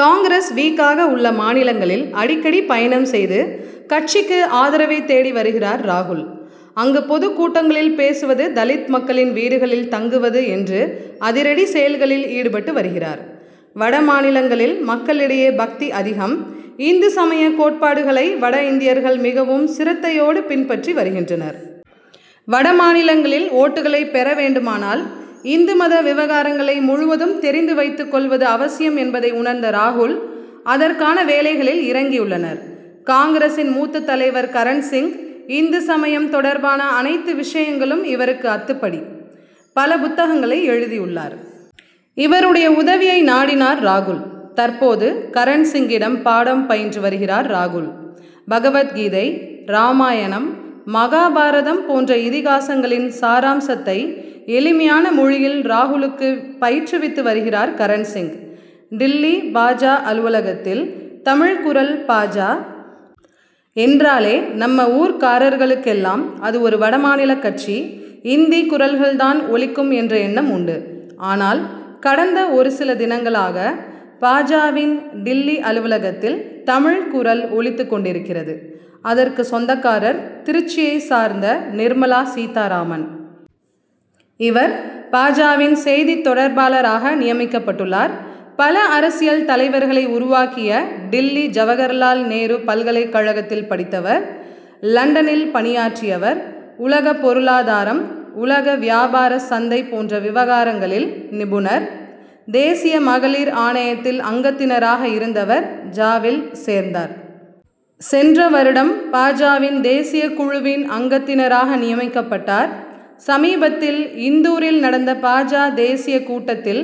காங்கிரஸ் வீக்காக உள்ள மாநிலங்களில் அடிக்கடி பயணம் செய்து, கட்சிக்கு ஆதரவைத் தேடி வருகிறார் ராகுல். அங்கு பொதுக் கூட்டங்களில் பேசுவது தலித் மக்களின் வீடுகளில் தங்குவது என்று அதிரடி செயல்களில் ஈடுபட்டு வருகிறார். வட மாநிலங்களில், மக்களிடையே பக்தி அதிகம். இந்து சமய கோட்பாடுகளை, வட இந்தியர்கள் மிகவும் சிரத்தையோடு பின்பற்றி வருகின்றனர். வட மாநிலங்களில், ஓட்டுகளைப் பெற வேண்டுமானால் இந்து மத விவகாரங்களை முழுவதும், தெரிந்து வைத்துக் கொள்வது அவசியம் என்பதை உணர்ந்த ராகுல், அதற்கான வேலைகளில் இறங்கியுள்ளனர். காங்கிரசின் மூத்த தலைவர் கரண் சிங். இந்து சமயம் தொடர்பான அனைத்து விஷயங்களும், இவருக்கு அத்துபடி. பல புத்தகங்களை எழுதியுள்ளார். இவருடைய உதவியை நாடினார் ராகுல். தற்போது, கரண் சிங்கிடம் பாடம் பயின்று வருகிறார் ராகுல். பகவத் கீதை, ராமாயணம், மகாபாரதம் போன்ற இதிகாசங்களின் சாராம்சத்தை, எளிமையான மொழியில் ராகுலுக்கு பயிற்றுவித்து வருகிறார் கரண் சிங். டில்லி பா. ஜ., அலுவலகத்தில் தமிழ் குரல் பா. ஜ. என்றாலே, நம்ம ஊர்க்காரர்களுக்கெல்லாம் அது ஒரு வட மாநில கட்சி, இந்தி குரல்கள்தான் ஒலிக்கும் என்ற எண்ணம் உண்டு. ஆனால், கடந்த ஒரு சில தினங்களாக பா. ஜ.,வின் டில்லி அலுவலகத்தில் தமிழ் குரல் ஒலித்துக் கொண்டிருக்கிறது. அதற்கு சொந்தக்காரர் திருச்சியைச் சார்ந்த, நிர்மலா சீத்தாராமன். இவர், பா. ஜ.,வின் செய்தித் தொடர்பாளராக நியமிக்கப்பட்டுள்ளார். பல அரசியல் தலைவர்களை உருவாக்கிய, டில்லி ஜவகர்லால் நேரு பல்கலைக் கழகத்தில் படித்தவர். லண்டனில் பணியாற்றியவர். உலக பொருளாதாரம், உலக வியாபார சந்தை போன்ற விவகாரங்களில் நிபுணர். தேசிய மகளிர் ஆணையத்தில் அங்கத்தினராக இருந்தவர். ஜ.,வில் சேர்ந்தார். சென்ற வருடம் பா. ஜ.,வின் தேசிய குழுவின் அங்கத்தினராக நியமிக்கப்பட்டார். சமீபத்தில் இந்தூரில் நடந்த பா. ஜ., தேசிய கூட்டத்தில்,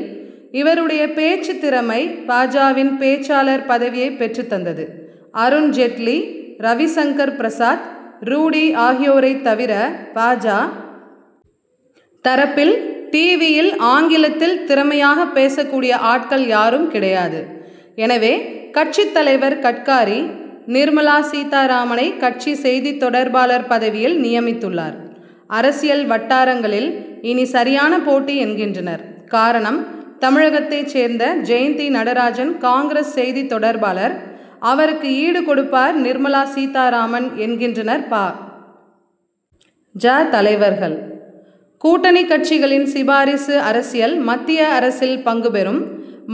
இவருடைய பேச்சு திறமை பா. ஜ.,வின் பேச்சாளர் பதவியைப் பெற்றுத் தந்தது. அருண் ஜெட்லி, ரவிசங்கர் பிரசாத், ரூடி ஆகியோரைத் தவிர, பா. ஜ., தரப்பில் 'டிவி'யில் ஆங்கிலத்தில் திறமையாகப் பேசக் கூடிய ஆட்கள், யாரும் கிடையாது. எனவே, கட்சித் தலைவர் கட்காரி, நிர்மலா சீத்தாராமனை, கட்சி செய்தி தொடர்பாளர் பதவியில் நியமித்துள்ளார். அரசியல் வட்டாரங்களில், இனி சரியான போட்டி என்கின்றனர். காரணம், தமிழகத்தைச் சேர்ந்த ஜெயந்தி நடராஜன் காங்கிரஸ் செய்தி தொடர்பாளர், அவருக்கு ஈடு கொடுப்பார் நிர்மலா சீத்தாராமன் என்கின்றனர் பா. ஜ., தலைவர்கள். கூட்டணி கட்சிகளின் சிபாரிசு அரசியல் மத்திய அரசில் பங்கு பெறும்,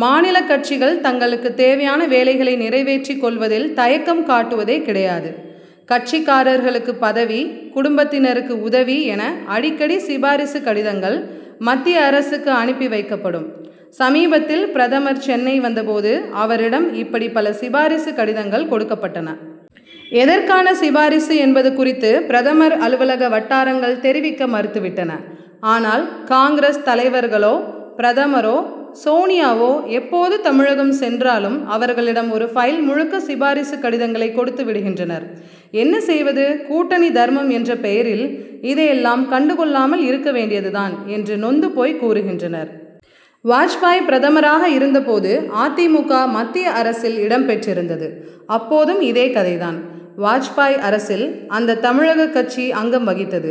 மாநிலக் கட்சிகள் தங்களுக்குத் தேவையான வேலைகளை நிறைவேற்றிக் கொள்வதில் தயக்கம் காட்டுவதே கிடையாது. கட்சிக்காரர்களுக்கு பதவி, குடும்பத்தினருக்கு உதவி என அடிக்கடி சிபாரிசு கடிதங்கள், மத்திய அரசுக்கு அனுப்பி வைக்கப்படும். சமீபத்தில் பிரதமர் சென்னை வந்த போது, அவரிடம் இப்படி பல சிபாரிசு கடிதங்கள் கொடுக்கப்பட்டன. எதற்கான சிபாரிசு என்பது குறித்து, பிரதமர் அலுவலக வட்டாரங்கள் தெரிவிக்க மறுத்துவிட்டன. ஆனால், காங்கிரஸ் தலைவர்களோ, பிரதமரோ, சோனியாவோ எப்போது தமிழகம் சென்றாலும், அவர்களிடம் ஒரு பைல் முழுக்க சிபாரிசு கடிதங்களைக் கொடுத்து விடுகின்றனர். 'என்ன செய்வது கூட்டணி தர்மம் என்ற பெயரில், இதையெல்லாம் கண்டுகொள்ளாமல் இருக்க வேண்டியதுதான்' என்று நொந்து போய் கூறுகின்றனர். வாஜ்பாய் பிரதமராக இருந்த போது அ. தி. மு. க., மத்திய அரசில் இடம் பெற்றிருந்தது. அப்போதும், இதே கதைதான். வாஜ்பாய் அரசில் அந்த தமிழக கட்சி அங்கம் வகித்தது.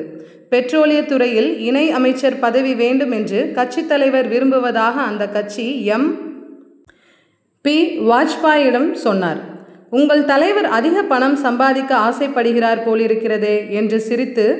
பெட்ரோலியத்துறையில், இணை அமைச்சர் பதவி வேண்டும் என்று, கட்சித் தலைவர் விரும்புவதாக அந்த கட்சி எம். பி., வாஜ்பாயிடம் சொன்னார். 'உங்கள் தலைவர் அதிக பணம் சம்பாதிக்க ஆசைப்படுகிறார் போலிருக்கிறதே? ' என்று சிரித்துக்